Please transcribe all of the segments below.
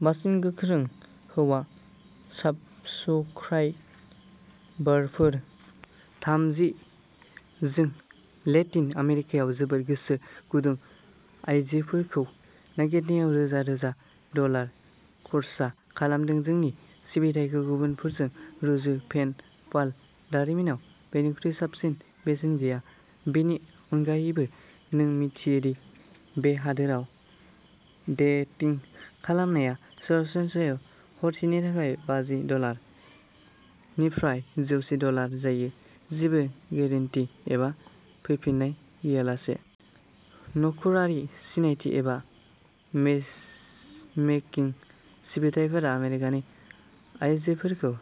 बांसिन गोख्रों हौवा साब्सक्राइबारफोर। थामथि, जों लेटिन आमेरिकायाव जोबोर गोसो गुदुं आयजोफोरखौ नागिरनायाव रोजा रोजा डलार खर्सा खालामदों। जोंनि सिबिथायखौ गुबुनफोरजों रुजु। पेन पाल' दारिमिनाव बेनिख्रुइ साबसिन बेसेन गैया। बेनि अनगायैबो, नों मिन्थियो दि बे हादोराव डेटिं खालामनाया सरासनस्रायै हरसेनि थाखाय बाजि डलार निफ्राइ जौसे डलार जायो, जेबो गेरेन्टि एबा फैफिन्नाय गैयालासे। न'खरारि सिनायथि एबा मेचमेकिं सिबिथाइफोरा आमेरिकानि आयजोफोरखौ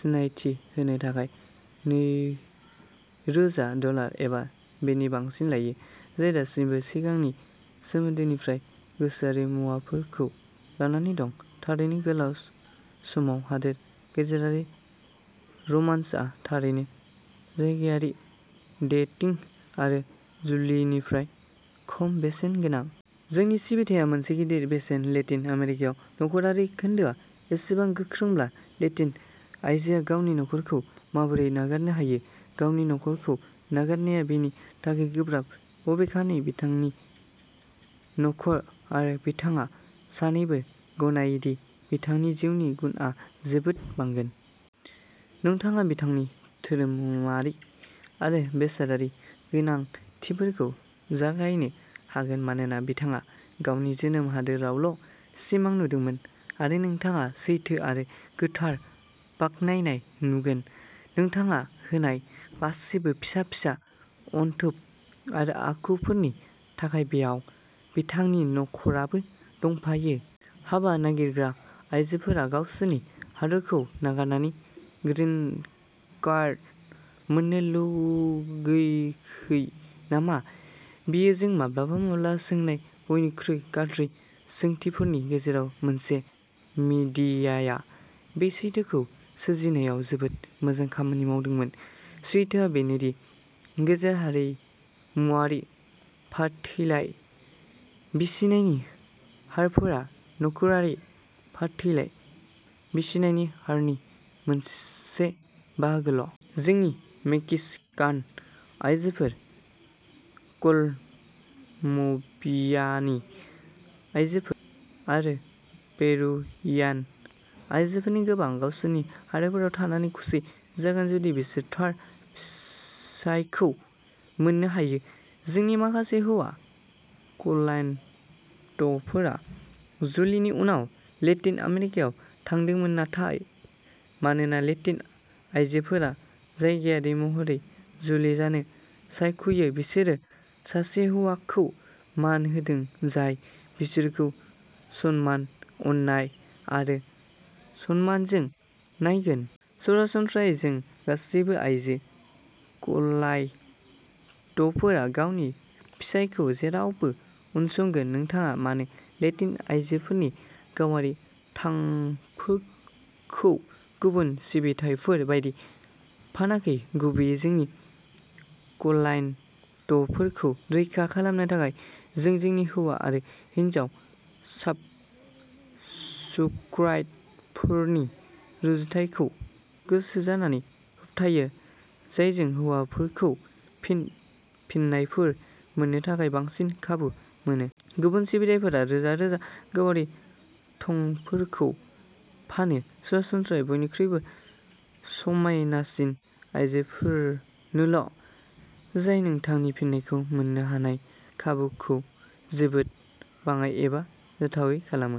सिनायथि होनो थाखाय नैरोजा डलार एबा बेनि बांसिन लायो, जाय दासिमबो सिगांनि सोमोन्दोफोरनिफ्राय गोसोआरि मुवाफोरखौ लानानै दं। थारैनो, गोलाव समाव हादोर गेजेरारि रमान्सआ थारैनो जायगायारि डेटिं आरो जुलिनिख्रुइ खम बेसेन गोनां। जोंनि सिबिथाया मोनसे गिदिर बेसेन, लेटिन आमेरिकायाव न'खरारि खोन्दोआ एसेबां गोख्रोंब्ला, लेटिन आयजोआ गावनि न'खरखौ माबोरै नागारनो हायो? गावनि न'खरखौ नागारनाया बिनि थाखाय गोब्राब। बबेखानि, बिथांनि न'खर आरो बिथाङा सानैबो गनायो दि बिथांनि जिउनि गुनआ जोबोद बांगोन। नोंथाङा बिथांनि धोरोमारि आरो बेसादारि गोनांथिफोरखौ जगायनो हागोन, मानोना बिथाङा गावनि जोनोम हादोरावल' सिमां नुदोंमोन। आरो नोंथाङा सैथो आरो गोथार बाख्नायनाय नुगोन। नोंथाङा होनाय गासैबो फिसा-फिसा अनथोब आरो आखुफोरनि थाखाय-बेयाव बिथांनि न'खराबो दंफायो। हाबा नागिरग्रा आइजोफोरा गावसोरनि हादोरखौ नागारनानै 'ग्रिनकार्ड' मोन्नो लुगैखै नामा? बेयो जों माब्लाबा-माब्लाबा सोंनाय बयनिख्रुइ गाज्रि सोंथिफोरनि गेजेराव मोनसे। मिडियाया बे सैथोखौ सोरजिनायाव जोबोद मोजां खामानि मावदोंमोन। सैथोआ बेनो दि गेजेर हारिमुआरि फाथैलाइ बिसिनायनि हारफोरा न'खरारि फाथैलाइ बिसिनायनि हारनि मोनसे बाहागोल'। जोंनि मेक्सिकान आयजोफोर, कलम्बियानि आयजोफोर, आरो पेरुवियान आयजोफोरनि गोबां। गावसोरनि हादोराव थानानै खुसि जागोन जुदि बिसोर थार फिसायखौ मोननो हायो। जोंनि माखासे हौवा क्लाइन्टफोरा जुलिनि उनाव लेटिन आमेरिकायाव थांदोंमोन! नाथाय, मानोना लेटिन आइजोफोरा जायगायारि महरै जुलि जानो सायख'यो, बिसोरो सासे हौवाखौ मान होदों जाय बिसोरखौ सनमान, अननाय आरो सनमानजों नायगोन। सरासनस्रायै जोंनि गासैबो आइजो क्लाइन्टफोरा गावनि फिसायखौ जेरावबो उनसंगोन, नोंथाङा मानो लेटिन आइजोफोरनि गावारि थांफोरखौ गुबुन सिबिथाइफोर बायदि फानाखै? गुबैयै जोंनि क्लाइन्टफोरखौ रैखा खालामनो थाखाय। जों जोंनि हौवा आरो हिनजाव साबस्क्राइबारफोरनि रुजुथायखौ गोसो जानानै होबथायो, जायजों हौवाफोरखौ फिन फिननायफोर मोन्नो थाखाय बांसिन खाबु मोनो। गुबुन सिबिथाइफोरा रोजा रोजा गावारि थंफोरखौ फानो। सरासनस्रायै बयनिख्रुइबो समायनासिन आइजोफोरनोल', जाय नोंथांनि फिननायखौ मोन्नो हानाय खाबुखौ जोबोद बाङाइ एबा जाथावै खालामो।